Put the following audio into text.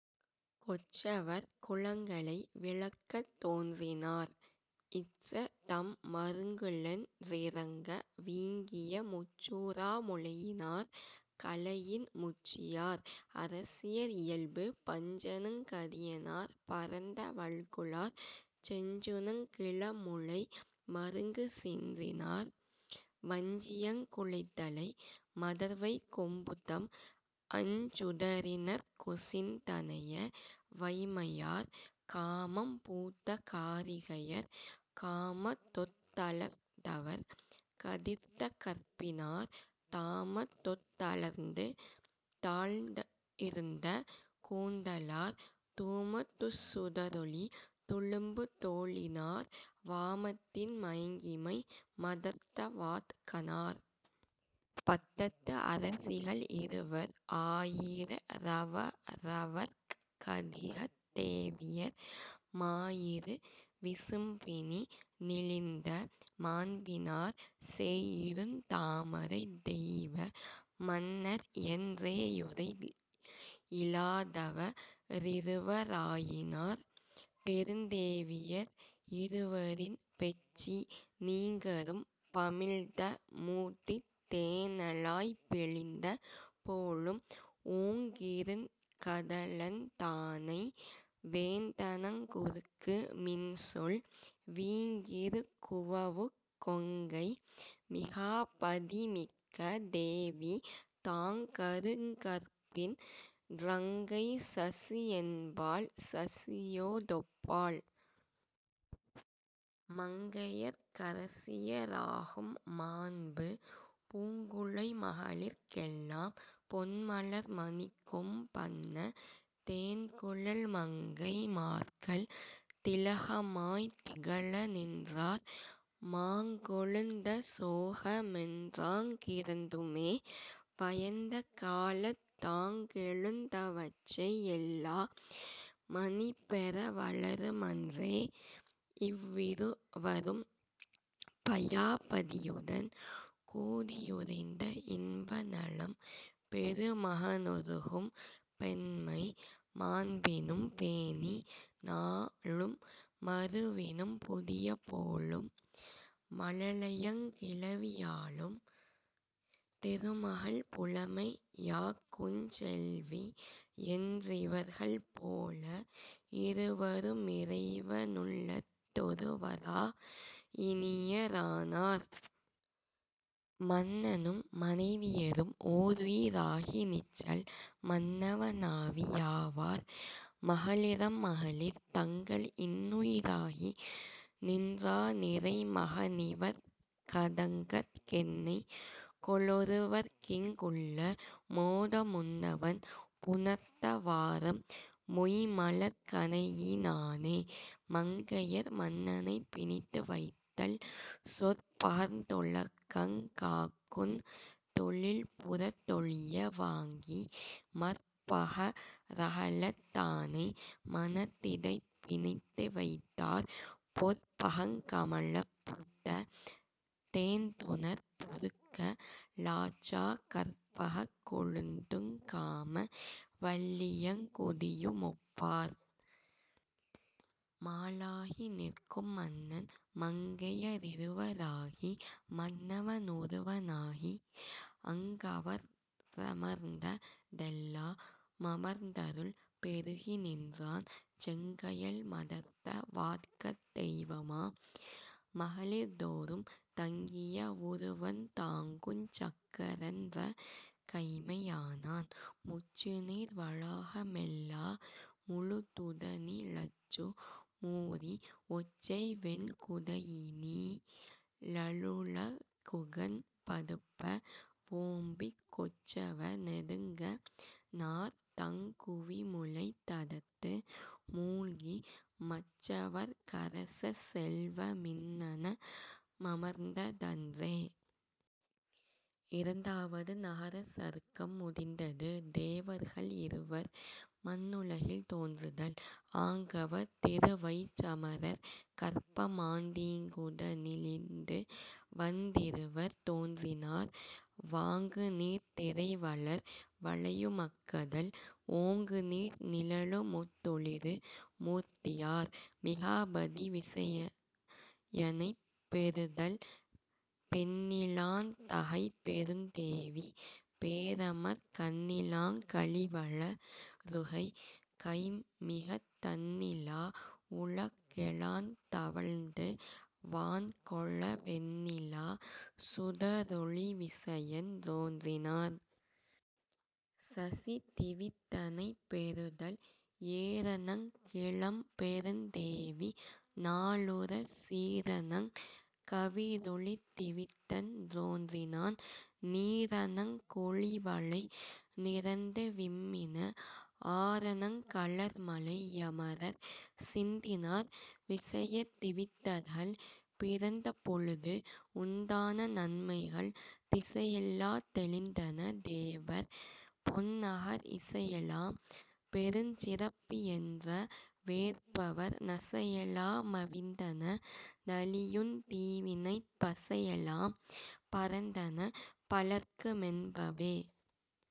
கொற்றவர் குலங்களை விளக்கத் தோன்றினார் இற்றதிம் மருங்குலென் றிரங்க வீங்கிய முற்றுறா முலையினார் கலையின் முற்றியார். அரசியர் இயல்பு பஞ்சனுங் கடியினார் பரந்த வல்குலார் செஞ்சுணங் கிளமுலை மருங்கு சிந்தினார் வஞ்சியங் குழைத்தலை மதர்வைக் கொம்புதம் அஞ்சுட ரிணர்க்கொசிந் தனைய வைம்மையார். காமம் பூத்த காரிகையர் காமத்தொத் தலர்ந்தவர் கதிர்த்த கற்பினார் தாமத்தொத் தலர்ந்துதாழ்ந் திருண்ட கூந்தலார் தூமத்துச் சுடரொளி துளும்பு தோளினார் வாமத்தின் மயங்கிமை மதர்த்த வாட்கணார். பட்டத்து அரசிகள் இருவர் ஆயிர ரவரவர்க் கதிகத் தேவியர் மாயிரு விசும்பினி னிழிந்த மாண்பினார் சேயிருந் தாமரைத் தெய்வ மன்னர் என் றேயுரை யிலாதவ ரிருவ ராயினார். பெருந்தேவியர் இருவரின் பெற்றி நீங்கரும் பமிழ்த மூட்டித் தேனளாய்ப் பிழிந்த போலும் ஓங்கிருங் கடலந் தானை வேந்தணங் குறுக்கு மின்சொல் வீங்கிருங் குவவுக் கொங்கை மிகாபதி மிக்க தேவி தாங்கருங் கற்பின் றங்கை சசிஎன்பாள் சசியோ டொப்பாள். மங்கையர்க்கரசியராகும் மாண்பு பூங்குழை மகளிர்க் கெல்லாம் பொன்மலர் மணிக்கொம் பன்ன தேங்குழல் மங்கை மார்கள் திலகமாய்த் திகழ நின்றார் மாங்கொழுந் தசோக மென்றாங் கிரண்டுமே வயந்த காலத் தாங்கெழுந் தவற்றை யெல்லா மணிபெற வலரு மன்றே. இவ்விருவரும் பயாபதியுடன் கூடியுறைந்த இன்பநலம் பெருமக னுருகும் பெண்மை மாண்பினும் பேணி நாளும் மருவினும் புதிய போலும் மழலையங் கிளவி யாலும் திருமகள் புலமை யாக்குஞ் செல்விஎன் றிவர்கள் போல இருவரு மிறைவ னுள்ளத் தொருவரா யினிய ரானார். மன்னனும் மனைவியரும் ஓருயிர் ஆகி நிற்றல் மன்னவ னாவி யாவார் மகளிரம் மகளிர் தங்கள் இன்னுயி ராகி நின்றா னிறைமக னிவர்க டங்கட் கென்னைகொ லொருவர் தம்மே லொருவர்க்கிங் குள்ள மோட முன்னவன் புணர்த்த வாறம் மொய்ம்மலர்க் கணையி னானே. மங்கையர் மன்னனைப் பிணித்து வைத்தல் சொற்பகர்ந் துலகங் காக்குந் தொழில்புறத் தொழிய வாங்கி மற்பக ரகலத் தானை மனத்திடைப் பிணித்து வைத்தார் பொற்பகங் கமழப் பூத்த தேந்துணர் பொறுக்க லாற்றாக் கற்பகக் கொழுந்துங் காம வல்லியங் கொடியு மொப்பார். மாலாகி நிற்கும் மன்னன் மங்கைய ரிருவ ராகி மன்னவ னொருவ னாகி அங்கவ ரமர்ந்த தெல்லா மமர்ந்தருள் பெருகி நின்றான் செங்கயல் மதர்த்த வாட்கட் டெய்வமா மகளிர் தோறும் தங்கிய வுருவந் தாங்குஞ் சக்கரன் றகைமை யானான். முற்றுநீர் வளாக மெல்லா முழுதுட னிழற்று மூரி ஒற்றைவெண் குடையி னீழ லுலகுகண் படுப்ப வோம்பிக் கொற்றவ னெடுங்க ணார்தங் குவிமுலைத் தடத்து மூழ்கி மற்றவற் கரசச் செல்வ மின்னண மமர்ந்த தன்றே. இரண்டாவது நகரச்சருக்கம் முடிந்தது. தேவர்கள் இருவர் மண்ணுலகில் தோன்றுதல் ஆங்கவர் திருவயிற் றமரர் கற்பமாண் டீங்குட னிழிந்துவந் திருவர் தோன்றினார் வாங்குநீர்த் திரைவளர் வளையு மக்கடல் ஓங்குநீர் நிழலுமொத் தொளிரு மூர்த்தியார். மிகாபதி விசயனைப் பெறுதல் பெண்ணிலாந் தகைப்பெருந் தேவி பேரமர்க் கண்ணிலாங் களிவள ருவகை கைம்மிகத் தண்ணிலா வுலகெலாந் தவழ்ந்து வான்கொள வெண்ணிலா சுடரொளி விசயன் றோன்றினான். சசி திவிட்டனைப் பெறுதல் ஏரணங் கிளம்பெருந் தேவி நாளுறச் சீரணங் கவிரொளித் திவிட்டன் றோன்றினான் நீரணங் கொளிவளை நிரந்து விம்மின ஆரணங் கலர்மழை யமரர் சிந்தினார். விசயதிவிட்டர்கள் பிறந்தபொழுது உண்டான நன்மைகள் திசையெலாத் தெளிந்தன தேவர் பொன்னகர் இசையெலாம் பெருஞ்சிறப் பியன்ற வேற்பவர் நசையெலா மவிந்தன நலியுந் தீவினைப் பசையெலாம் பறந்தன பலர்க்கு மென்பவே.